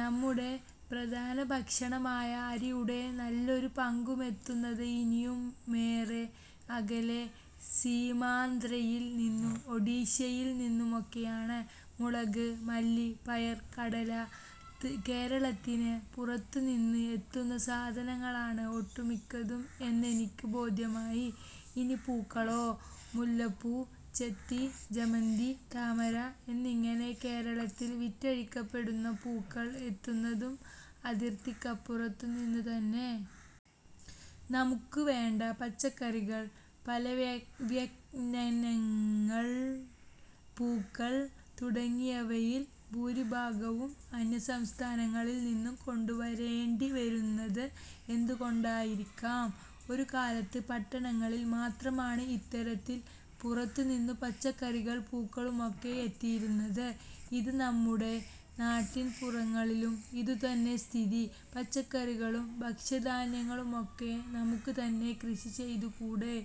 നമ്മുടെ പ്രധാനഭക്ഷണമായ അരിയുടെ നല്ലൊരു പങ്കുമെത്തുന്നത് ഇനിയു മേറെ അകലെ സീമാന്ധ്രയിൽ നിന്നും ഒഡിഷയിൽ നിന്നുമൊക്കെയാണ്. മുളക്, മല്ലി, പയർ, കടല... കേരളത്തിന് പുറത്തു നിന്നും എത്തുന്ന സാധനങ്ങളാണ് ഒട്ടുമിക്കതും എന്നെനിക്ക് ബോധ്യമായി. ഇനി പൂക്കളോ? മുല്ലപ്പൂ, ചെത്തി, ജമന്തി, താമര എന്നിങ്ങനെ കേരളത്തിൽ വിറ്റഴിക്കപ്പെടുന്ന പൂക്കൾ എത്തുന്നതും അതിർത്തിക്കപ്പുറത്തു നിന്നുതന്നെ. നമുക്ക് വേണ്ട പച്ചക്കറികൾ, പലവ്യഞ്ജനങ്ങൾ, പൂക്കൾ തുടങ്ങിയവയിൽ ഭൂരിഭാഗവും അന്യസംസ്ഥാനങ്ങളിൽ നിന്നും കൊണ്ടു വരേണ്ടിവരുന്നത് എന്തുകൊണ്ടായിരിക്കാം? ഒരു കാലത്ത് പട്ടണങ്ങളിൽ മാത്രമാണ് ഇത്തരത്തിൽ പുറത്തുനിന്നും പച്ചക്കറികളും പൂക്കളുമൊക്കെ എത്തിയിരുന്നത്. ഇന്ന് നമ്മുടെ നാട്ടിൻപുറങ്ങളിലും ഇതുതന്നെ സ്ഥിതി. പച്ചക്കറികളും ഭക്ഷ്യധാന്യങ്ങളുമൊക്കെ നമുക്ക് തന്നെ കൃഷി ചെയ്തുകൂടേ?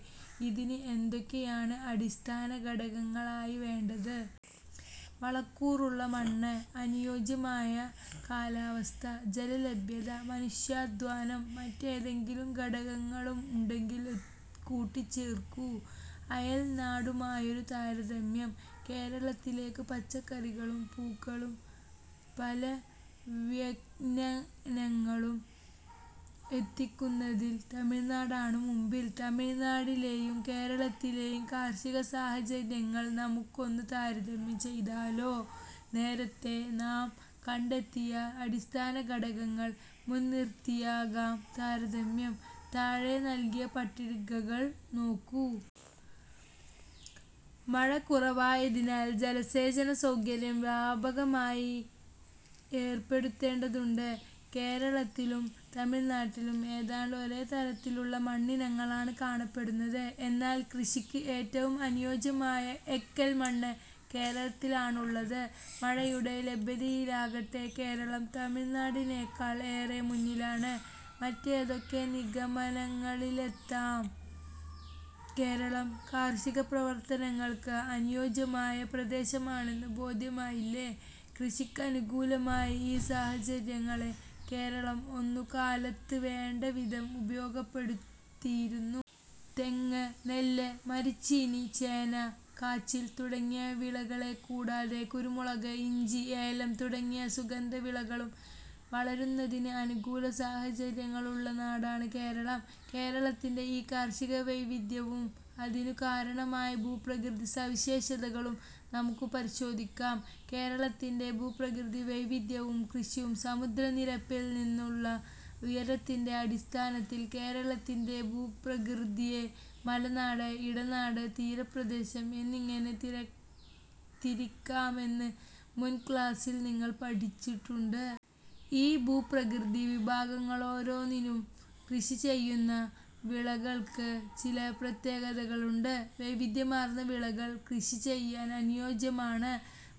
ഇതിന് എന്തൊക്കെയാണ് അടിസ്ഥാനഘടകങ്ങളായി വേണ്ടത്? വളക്കൂറുള്ള മണ്ണ്, അനുയോജ്യമായ, കാലാവസ്ഥ, ജലലഭ്യത, മനുഷ്യാധ്വാനം മറ്റേതെങ്കിലും ഘടകങ്ങളുണ്ടങ്കിൽ കൂട്ടിച്ചേർക്കൂ. അയൽനാടുമായൊരു താരതമ്യം കേരളത്തിലേക്ക് പച്ചക്കറികളും പൂക്കളും പലവ്യഞ്ജനങ്ങളും എത്തിക്കുന്നതിൽ തമിഴ്നാടാണ് മുന്നിൽ. തമിഴ്നാട്ടിലെയും കേരളത്തിലെയും കാർഷിക സാഹചര്യങ്ങൾ നമുക്കൊന്ന് താരതമ്യം ചെയ്താലോ? നേരത്തെ നാം കണ്ടെത്തിയ അടിസ്ഥാനഘടകങ്ങൾ മുൻനിർത്തിയാകാം താരതമ്യം. താഴെ നൽകിയ പട്ടികകൾ നോക്കൂ. മഴ കുറവായതിനാൽ ജലസേചന സൗകര്യം വ്യാപകമായി ഏർപ്പെടുത്തേണ്ടതുണ്ട്. കേരളത്തിലും തമിഴ്നാട്ടിലും ഏതാണ്ട് ഒരേതരത്തിലുള്ള മണ്ണിനങ്ങളാണ് കാണപ്പെടുന്നത്. എന്നാൽ കൃഷിക്ക് ഏറ്റവും അനുയോജ്യമായ എക്കൽമണ്ണ് കേരളത്തിലാണുള്ളത്. മഴയുടെ ലഭ്യതയിലാകട്ടെ കേരളം തമിഴ്നാടിനേക്കാൾ ഏറെ മുന്നിലാണ്. മറ്റെന്തൊക്കെ നിഗമനങ്ങളിലെത്താം? കേരളം കാർഷിക പ്രവർത്തനങ്ങൾക്ക് അനുയോജ്യമായ പ്രദേശമാണെന്ന് ബോധ്യമായില്ലേ? കൃഷിക്കനുകൂലമായ ഈ സാഹചര്യങ്ങളെ കേരളം ഒരു കാലത്ത് വേണ്ടവിധം ഉപയോഗപ്പെടുത്തിയിരുന്നു. തെങ്ങ്, നെല്ല്, മരച്ചീനി, ചേന, കാച്ചിൽ തുടങ്ങിയ വിളകളെക്കൂടാതെ കുരുമുളക്, ഇഞ്ചി, ഏലം തുടങ്ങിയ സുഗന്ധവിളകളും വളരുന്നതിന് അനുകൂല സാഹചര്യങ്ങളുള്ള നാടാണ് കേരളം. കേരളത്തിന്റെ ഈ കാർഷികവൈവിധ്യവും അതിനു കാരണമായ ഭൂപ്രകൃതിസവിശേഷതകളും നമുക്ക് പരിശോധിക്കാം. കേരളത്തിന്റെ ഭൂപ്രകൃതി വൈവിധ്യവും കൃഷിയും സമുദ്രനിരപ്പിൽ നിന്നുള്ള ഉയരത്തിന്റെ അടിസ്ഥാനത്തിൽ കേരളത്തിന്റെ ഭൂപ്രകൃതിയെ മലനാട്, ഇടനാട്, തീരപ്രദേശം എന്നിങ്ങനെ തിരിക്കാമെന്ന് മുൻ ക്ലാസ്സിൽ നിങ്ങൾ പഠിച്ചിട്ടുണ്ട്. ഈ ഭൂപ്രകൃതി വിഭാഗങ്ങളോരോന്നിലും കൃഷി ചെയ്യുന്ന വിളകൾക്ക് ചില പ്രത്യേകതകളുണ്ട്. വൈവിധ്യമാർന്ന വിളകൾ കൃഷി ചെയ്യാൻ അനുയോജ്യമാണ്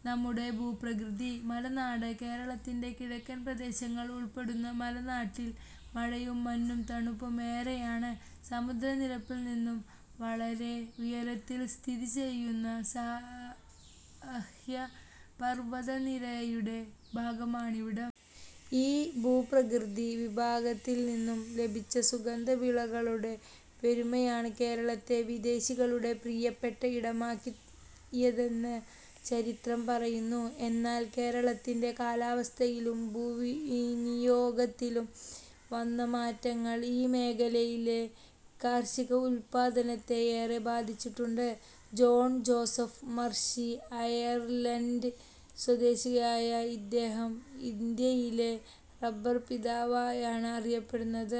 നമ്മുടെ ഭൂപ്രകൃതി. മലനാട് കേരളത്തിന്റെ കിഴക്കൻ പ്രദേശങ്ങൾ ഉൾപ്പെടുന്ന മല നാട്ടിൽ മഴയും മഞ്ഞും തണുപ്പും ഏറെയാണ്. സമുദ്ര നിരപ്പിൽ നിന്നും വളരെ ഉയരത്തിൽ സ്ഥിതി ചെയ്യുന്ന സഹ്യപർവ്വതനിരയുടെ ഭാഗമാണിവിടം. ഈ ഭൂപ്രകൃതി വിഭാഗത്തിൽ നിന്നും ലഭിച്ച സുഗന്ധ വിളകളുടെ പെരുമയാണ് കേരളത്തെ വിദേശികളുടെ പ്രിയപ്പെട്ട ഇടമാക്കിയതെന്ന് ചരിത്രം പറയുന്നു. എന്നാൽ കേരളത്തിന്റെ കാലാവസ്ഥയിലും ഭൂവിനിയോഗത്തിലും വന്ന മാറ്റങ്ങൾ ഈ മേഖലയിലെ കാർഷിക ഉല്പാദനത്തെ ഏറെ ബാധിച്ചിട്ടുണ്ട്. ജോൺ ജോസഫ് മർഷി അയർലന്റ് സ്വദേശിയായ ഇദ്ദേഹം ഇന്ത്യയിലെ റബർ പിതാവായാണ് അറിയപ്പെടുന്നത്.